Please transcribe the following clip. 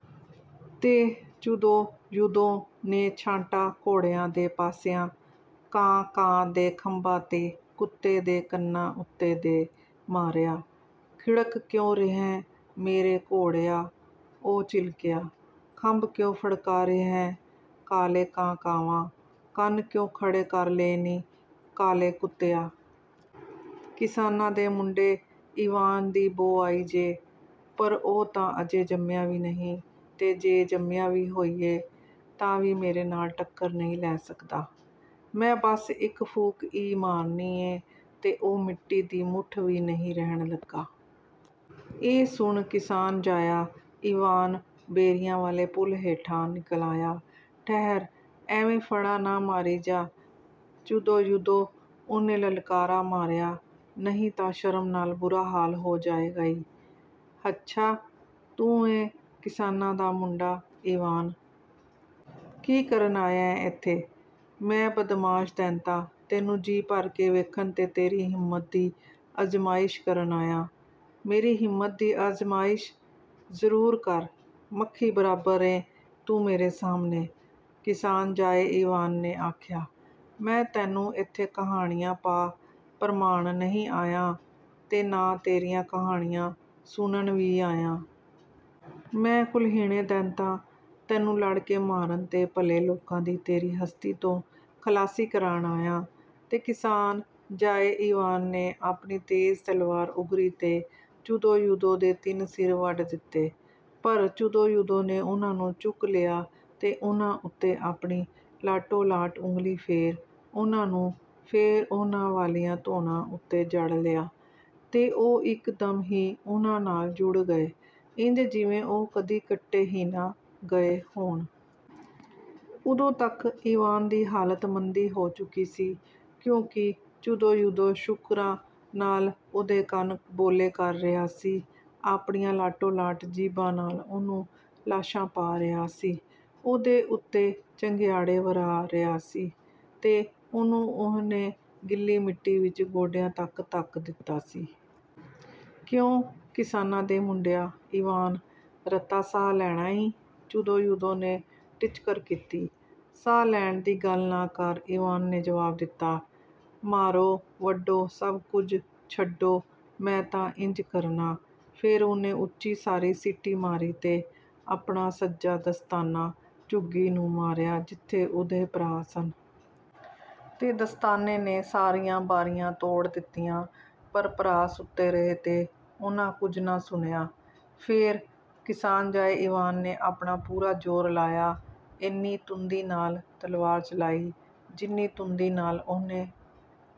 ਤੇ ਚੁਦੋ-ਯੁਦੋ ਨੇ ਛਾਂਟਾ ਘੋੜਿਆਂ ਦੇ ਪਾਸਿਆਂ, ਕਾਂ-ਕਾਂ ਦੇ ਖੰਭਾਂ ਤੇ ਕੁੱਤੇ ਦੇ ਕੰਨਾਂ ਉੱਤੇ ਦੇ ਮਾਰਿਆ। "ਥਿੜਕ ਕਿਉਂ ਰਿਹੈਂ, ਮੇਰੇ ਘੋੜਿਆ?" ਉਹ ਚਿਲਕਿਆ। "ਖੰਭ ਕਿਉਂ ਫੜਕਾ ਰਿਹੈਂ, ਕਾਲੇ ਕਾਂ-ਕਾਂਵਾ? ਕੰਨ ਕਿਉਂ ਖੜੇ ਕਰ ਲਏ ਨੀ, ਕਾਲੇ ਕੁੱਤਿਆ? ਕਿਸਾਨਾਂ ਦੇ ਮੁੰਡੇ ਈਵਾਨ ਦੀ ਬੋ ਆਈ ਜੇ? ਪਰ ਉਹ ਤਾਂ ਅਜੇ ਜੰਮਿਆ ਵੀ ਨਹੀਂ, ਤੇ ਜੇ ਜੰਮਿਆ ਵੀ ਹੋਇਐ, ਤਾਂ ਵੀ ਮੇਰੇ ਨਾਲ ਟੱਕਰ ਨਹੀਂ ਲੈ ਸਕਦਾ। ਮੈਂ ਬਸ ਇੱਕ ਫੂਕ ਈ ਮਾਰਨੀ ਏਂ, ਤੇ ਉਹ ਮਿੱਟੀ ਦੀ ਮੁੱਠ ਵੀ ਨਹੀਂ ਰਹਿਣ ਲੱਗਾ।" ਇਹ ਸੁਣ ਕਿਸਾਨ-ਜਾਇਆ ਈਵਾਨ ਬੇਰੀਆਂ ਵਾਲੇ ਪੁਲ ਹੇਠਾਂ ਨਿਕਲ ਆਇਆ।"ਠਹਿਰ, ਐਵੇਂ ਫੜਾਂ ਨਾ ਮਾਰੀ ਜਾ, ਚੁਦੋ-ਯੁਦੋ," ਉਹਨੇ ਲਲਕਾਰਾ ਮਾਰਿਆ, "ਨਹੀਂ ਤਾਂ ਸ਼ਰਮ ਨਾਲ ਬੁਰਾ ਹਾਲ ਹੋ ਜਾਏਗਾ ਈ।" "ਹੱਛਾ, ਤੂੰ ਏਂ, ਕਿਸਾਨਾਂ ਦਾ ਮੁੰਡਾ ਈਵਾਨ! ਕੀ ਕਰਨ ਆਇਐ ਏਥੇ?" "ਮੈਂ, ਬਦਮਾਸ਼ ਦੈਂਤਾ, ਤੈਨੂੰ ਜੀ ਭਰ ਕੇ ਵੇਖਣ ਤੇ ਤੇਰੀ ਹਿੰਮਤ ਦੀ ਅਜ਼ਮਾਇਸ਼ ਕਰਨ ਆਇਆ!" "ਮੇਰੀ ਹਿੰਮਤ ਦੀ ਅਜ਼ਮਾਇਸ਼ ਜ਼ਰੂਰ ਕਰ! ਮੱਖੀ ਬਰਾਬਰ ਏਂ ਤੂੰ ਮੇਰੇ ਸਾਹਮਣੇ!" ਕਿਸਾਨ-ਜਾਏ ਈਵਾਨ ਨੇ ਆਖਿਆ: "ਮੈਂ ਤੈਨੂੰ ਏਥੇ ਕਹਾਣੀਆਂ ਪਾ ਭਰਮਾਣ ਨਹੀਂ ਆਇਆਂ, ਤੇ ਨਾ ਤੇਰੀਆਂ ਕਹਾਣੀਆਂ ਸੁਣਨ ਵੀ ਆਇਆਂ। ਮੈਂ ਕੁਲਹਿਣੇ ਦੈਂਤਾਂ, ਤੈਨੂੰ ਲੜ ਕੇ ਮਾਰਨ ਤੇ ਭਲੇ ਲੋਕਾਂ ਦੀ ਤੇਰੀ ਹਸਤੀ ਤੋਂ ਖਲਾਸੀ ਕਰਾਣ ਆਇਆਂ!" ਤੇ ਕਿਸਾਨ-ਜਾਏ ਈਵਾਨ ਨੇ ਆਪਣੀ ਤੇਜ਼ ਤਲਵਾਰ ਉਗਰੀ ਤੇ ਚੁਦੋ-ਯੁਦੋ ਦੇ ਤਿੰਨ ਸਿਰ ਵੱਢ ਦਿੱਤੇ। ਪਰ ਚੁਦੋ-ਯੁਦੋ ਨੇ ਉਹਨਾਂ ਨੂੰ ਚੁੱਕ ਲਿਆ ਤੇ ਉਹਨਾਂ ਉੱਤੇ ਆਪਣੀ ਲਾਟੋ-ਲਾਟ ਉਂਗਲੀ ਫੇਰ ਉਹਨਾਂ ਨੂੰ ਫੇਰ ਉਹਨਾਂ ਵਾਲੀਆਂ ਧੌਣਾਂ ਉੱਤੇ ਜੜ ਲਿਆ, ਤੇ ਉਹ ਇਕਦਮ ਹੀ ਉਹਨਾਂ ਨਾਲ ਜੁੜ ਗਏ, ਇੰਜ ਜਿਵੇਂ ਉਹ ਕਦੀ ਕੱਟੇ ਹੀ ਨਾ ਗਏ ਹੋਣ। ਓਦੋਂ ਤੱਕ ਈਵਾਨ ਦੀ ਹਾਲਤ ਮੰਦੀ ਹੋ ਚੁਕੀ ਸੀ, ਕਿਉਂਕਿ ਚੁਦੋ-ਯੁਦੋ ਸ਼ੂਕਰਾਂ ਨਾਲ ਉਹਦੇ ਕੰਨ ਬੋਲੇ ਕਰ ਰਿਹਾ ਸੀ, ਆਪਣੀਆਂ ਲਾਟੋ-ਲਾਟ ਜੀਭਾਂ ਨਾਲ ਉਹਨੂੰ ਲਾਸ਼ਾਂ ਪਾ ਰਿਹਾ ਸੀ, ਉਹਦੇ ਉੱਤੇ ਚੰਗਿਆੜੇ ਵਰ੍ਹਾ ਰਿਹਾ ਸੀ ਤੇ ਉਹਨੂੰ ਉਹਨੇ ਗਿੱਲੀ ਮਿੱਟੀ ਵਿੱਚ ਗੋਡਿਆਂ ਤੱਕ ਧੱਕ ਦਿੱਤਾ ਸੀ। "ਕਿਉਂ, ਕਿਸਾਨਾਂ ਦੇ ਮੁੰਡਿਆ, ਈਵਾਨ, ਰਤਾ ਸਾਹ ਲੈਣਾ ਈ?" ਚੁਦੋ-ਯੁਦੋ ਨੇ ਟਿੱਚਕਰ ਕੀਤੀ। "ਸਾਹ ਲੈਣ ਦੀ ਗੱਲ ਨਾ ਕਰ," ਈਵਾਨ ਨੇ ਜਵਾਬ ਦਿੱਤਾ। "ਮਾਰੋ, ਵੱਢੋ, ਸਭ ਕੁਝ ਛੱਡੋ, ਮੈਂ ਤਾਂ ਇੰਜ ਕਰਨਾ!" ਫੇਰ ਉਹਨੇ ਉੱਚੀ ਸਾਰੀ ਸੀਟੀ ਮਾਰੀ ਤੇ ਆਪਣਾ ਸੱਜਾ ਦਸਤਾਨਾ ਝੁੱਗੀ ਨੂੰ ਮਾਰਿਆ—ਜਿੱਥੇ ਉਹਦੇ ਭਰਾ ਸਨ। ਤੇ ਦਸਤਾਨੇ ਨੇ ਸਾਰੀਆਂ ਬਾਰੀਆਂ ਤੋੜ ਦਿੱਤੀਆਂ, ਪਰ ਭਰਾ ਸੁੱਤੇ ਰਹੇ ਤੇ ਉਹਨਾਂ ਕੁਝ ਨਾ ਸੁਣਿਆ। ਫੇਰ, ਕਿਸਾਨ-ਜਾਏ ਈਵਾਨ ਨੇ ਆਪਣਾ ਪੂਰਾ ਜ਼ੋਰ ਲਾਇਆ, ਏਨੀ ਤੁੰਦੀ ਨਾਲ ਤਲਵਾਰ ਚਲਾਈ, ਜਿੰਨੀ ਤੁੰਦੀ ਨਾਲ ਉਹਨੇ